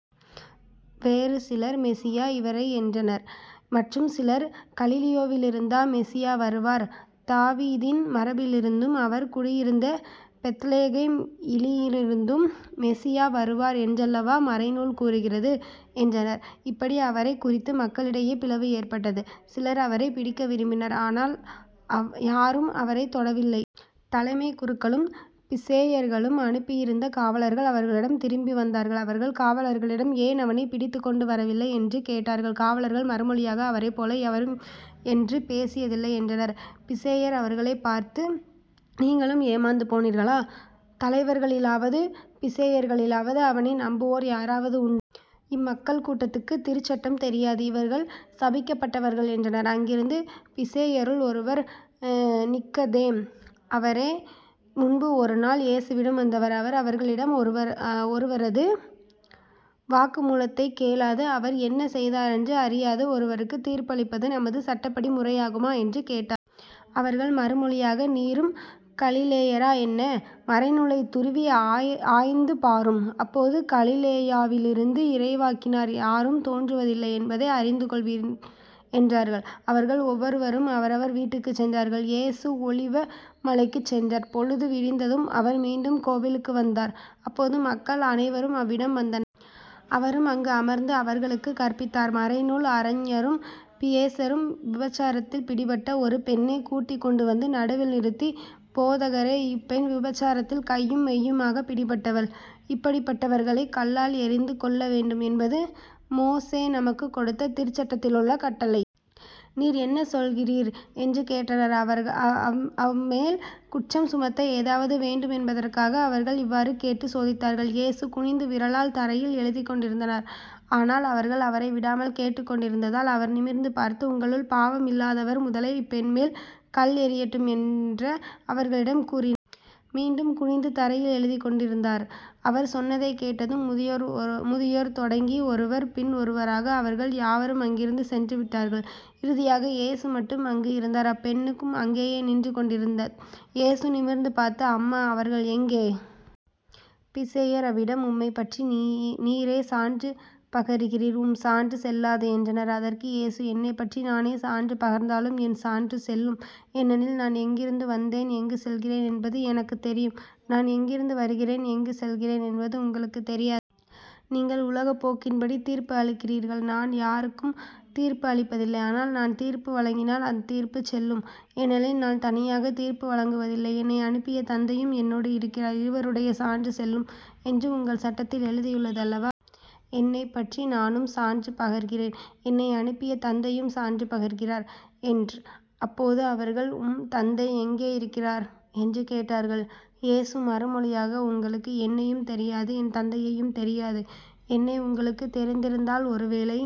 வேறு சிலர் மெசியா இவரே என்றனர். மற்றும் சிலர் கலிலேயாவிலிருந்தா மெசியா வருவார்? தாவீதின் மரபிலிருந்தும் அவர் குடியிருந்த பெத்லகேம் இலிருந்தும் மெசியா வருவார் என்றல்லவா மறைநூல் கூறுகிறது? என்றனர். இப்படி அவரைக் குறித்து மக்களிடையே பிளவு ஏற்பட்டது. சிலர் அவரைப் பிடிக்க விரும்பினர். ஆனால் யாரும் அவரைத் தொடவில்லை. தலைமைக் குருக்களும் பிசேயர்களும் அனுப்பியிருந்த காவலர்கள் அவர்களிடம் திரும்பி வந்தார்கள். அவர்கள் காவலர்களிடம் ஏன் அவனைப் பிடித்துக்கொண்டு வரவில்லை? என்று கேட்டார்கள். காவலர்கள் மறுமொழியாக அவரைப் போல எவரும் என்று பேசியதில்லை என்றனர். பிசேயர் அவர்களைப் பார்த்து நீங்களும் ஏமாந்து போனீர்களா? தலைவர்களிலாவது பிசேயர்களிலாவது அவனை நம்புவோர் யாராவது உண்? இம்மக்கள் கூட்டத்துக்குத் திருச்சட்டம் தெரியாது. இவர்கள் சபிக்கப்பட்டவர்கள் என்றனர். அங்கிருந்த பிசேயருள் ஒருவர் நிக்கதேம். அவரே முன்பு ஒரு நாள் இயேசுவிடம் வந்தவர். அவர் அவர்களிடம் ஒருவரது வாக்குமுலத்தைக் கேளாது அவர் என்ன செய்தாரென்று அறியாது ஒருவருக்குத் தீர்ப்பளிப்பது நமது சட்டப்படி முறையாகுமா? என்று கேட்டா. அவர்கள் மறுமொழியாக நீரும் கலிலேயரா என்ன? மறைநூலைத் துருவி ஆய்ந்து பாரும். அப்போது கலிலேயாவிலிருந்து இறைவாக்கினர் யாரும் தோன்றுவதில்லை என்பதை அறிந்துகொள்வீர் என்றார்கள். அவர்கள் ஒவ்வொருவரும் அவரவர் வீட்டுக்குச் சென்றார்கள். இயேசு ஒலிவ மலைக்குச் சென்றர். பொழுது விடிந்ததும் அவர் மீண்டும் கோவிலுக்கு வந்தார். அப்போது மக்கள் அனைவரும் அவ்விடம் வந்தன. அவரும் அங்கு அமர்ந்து அவர்களுக்குக் கற்பித்தார். மறைநூல் அறஞரும் பியேசரும் விபசாரத்தில் பிடிபட்ட ஒரு பெண்ணைக் கூட்டிக் கொண்டு வந்து நடுவில் நிறுத்தி போதகரே இப்பெண் விபச்சாரத்தில் கையும் மெய்யுமாகப் பிடிப்பட்டவள். இப்படிப்பட்டவர்களைக் கல்லால் எறிந்து கொல்ல வேண்டும் என்பது மோசே நமக்குக் கொடுத்த திருச்சட்டத்திலுள்ள கட்டளை. நீர் என்ன சொல்கிறீர்? என்று கேட்டனர். அவ்மேல் குற்றம் சுமத்த ஏதாவது வேண்டும் என்பதற்காக அவர்கள் இவ்வாறு கேட்டுச் சோதித்தார்கள். இயேசு குனிந்து விரலால் தரையில் எழுதிக்கொண்டிருந்தனர். ஆனால் அவர்கள் அவரை விடாமல் கேட்டுக்கொண்டிருந்ததால் அவர் நிமிர்ந்து பார்த்து உங்களுள் பாவம் இல்லாதவர் முதலில் இப்பெண்மேல் கல் எறியட்டும் என்ற அவர்களிடம் கூறி. மீண்டும் குனிந்து தரையில் எழுதிக் கொண்டிருந்தார். அவர் சொன்னதைக் கேட்டதும் முதியோர் தொடங்கி ஒருவர் பின் ஒருவராக அவர்கள் யாவரும் அங்கிருந்து சென்று விட்டார்கள். இறுதியாக இயேசு மட்டுமே அங்கு இருந்தார். அப்பெண்ணுக்கும் அங்கேயே நின்று கொண்டிருந்த. இயேசு நிமிர்ந்து பார்த்து அம்மா அவர்கள் எங்கே? பிசேயர் அவ்விடம் உம்மைப்பற்றி நீரே சான்று பகர்கிறீர் உம் சான்று செல்லாது என்றனர். அதற்கு இயேசு என்னைப்பற்றி நானே சான்று பகர்ந்தாலும் என் சான்று செல்லும். ஏனெனில் நான் எங்கிருந்து வந்தேன் எங்குச் செல்கிறேன் என்பது எனக்குத் தெரியும். நான் எங்கிருந்து வருகிறேன் எங்குச் செல்கிறேன் என்பது உங்களுக்குத் தெரியா. நீங்கள் உலகப் போக்கின்படி தீர்ப்பு அளிக்கிறீர்கள். நான் யாருக்கும் தீர்ப்பு அளிப்பதில்லை. ஆனால் நான் தீர்ப்பு வழங்கினால் அத்தீர்ப்புச் செல்லும். ஏனெனில் நான் தனியாகத் தீர்ப்பு வழங்குவதில்லை என்னை அனுப்பிய தந்தையும் என்னோடு இருக்கிறார். இருவருடைய சான்று செல்லும் என்று உங்கள் சட்டத்தில் எழுதியுள்ளது அல்லவா? என்னைப்பற்றி நானும் சான்று பகர்கிறேன் என்னை அனுப்பிய தந்தையும் சான்று பகர்கிறார் என்ற். அப்போது அவர்கள் உம் தந்தை எங்கே இருக்கிறார்? என்று கேட்டார்கள். இயேசு மறுமொழியாக உங்களுக்கு என்னையும் தெரியாது என் தந்தையையும் தெரியாது. என்னை உங்களுக்குத் தெரிந்திருந்தால் ஒருவேளை